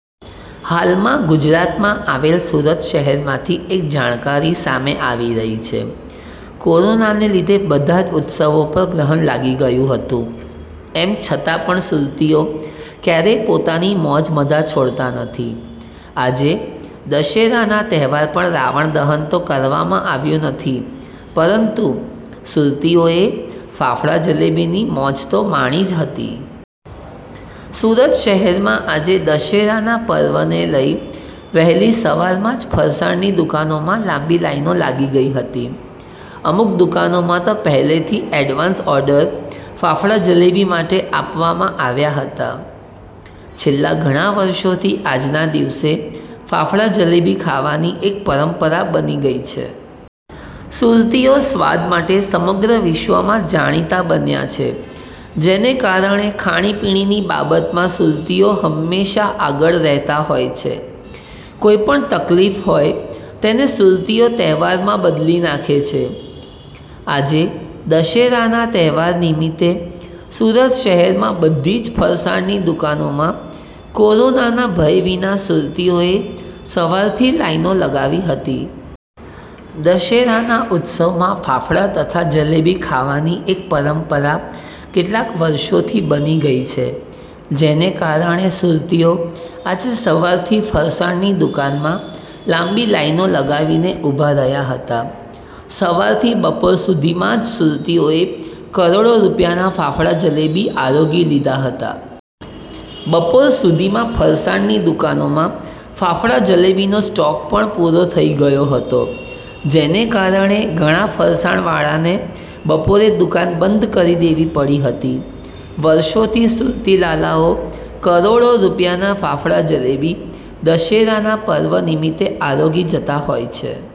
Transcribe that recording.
હાલમાં ગુજરાતમાં આવેલ સુરત શહેરમાંથી એક જાણકારી સામે આવી રહી છે. કોરોનાને લીધે બધાં જ ઉત્સવો પર ગ્રહણ લાગી ગયું હતું. એમ છતાં પણ સુરતીઓ કયારેય પોતાની મોજ-મજા છોડતા નથી. આજે દશેરાના તહેવાર પર રાવણ દહન તો કરવામાં આવ્યું નથી પરંતુ સુરતીઓએ ફાફડા-જલેબીની મોજ તો માણી જ હતી. સુરત શહેરમાં આજે દશેરાનાં પર્વને લઇ વહેલી સવારમાં જ ફરસાણની દુકાનોમાં લાંબી લાઈનો લાગી ગઇ હતી. અમુક દુકાનોમાં તો પહેલેથી એડવાન્સ ઓર્ડર ફાફડા-જલેબી માટે આપવામાં આવ્યા હતા. છેલ્લા ઘણાં વર્ષોથી આજના દિવસે ફાફડા-જલેબી ખાવાની એક પરંપરા બની ગઇ છે. સુરતીઓ સ્વાદ માટે સમગ્ર વિશ્વમાં જાણીતાં બન્યાં છે. જેને કારણે ખાણી-પીણીની બાબતમાં સુરતીઓ હમેશા આગળ રહેતાં હોય છે. કોઇપણ તકલીફ હોય તેને સુરતીઓ તહેવારમાં બદલી નાખે છે. આજે દશેરાના તહેવાર નિમિતે સુરત શહેરમાં બધી જ ફરસાણની દુકાનોમાં કોરોનાના ભય વિના સુરતીઓએ સવારથી લાઇનો લગાવી હતી. દશેરાના ઉત્સવમાં ફાફડા તથા જલેબી ખાવાની એક પરંપરા કેટલાંક વર્ષોથી બની ગઇ છે. જેને કારણે સુરતીઓ આજે સવારથી ફરસાણની દુકાનમાં લાંબી લાઇનો લગાવીને ઉભા રહ્યાં હતા. સવારથી બપોર સુધીમાં જ સુરતીઓએ કરોડો રૂપિયાના ફાફડા-જલેબી આરોગી લીધા હતા. બપોર સુધીમાં ફરસાણની દુકાનોમાં ફાફડા-જલેબીનો સ્ટોક પણ પુરો થઇ ગયો હતો. જેને કારણે ઘણાં ફરસાણવાળાને બપોરે દુકાન બંધ કરી દેવી પડી હતી. વર્ષોથી સુરતી લાલાઓ કરોડો રૂપિયાના ફાફડા-જલેબી દશેરાનાં પર્વ નિમિત્તે આરોગી જતાં હોય છે.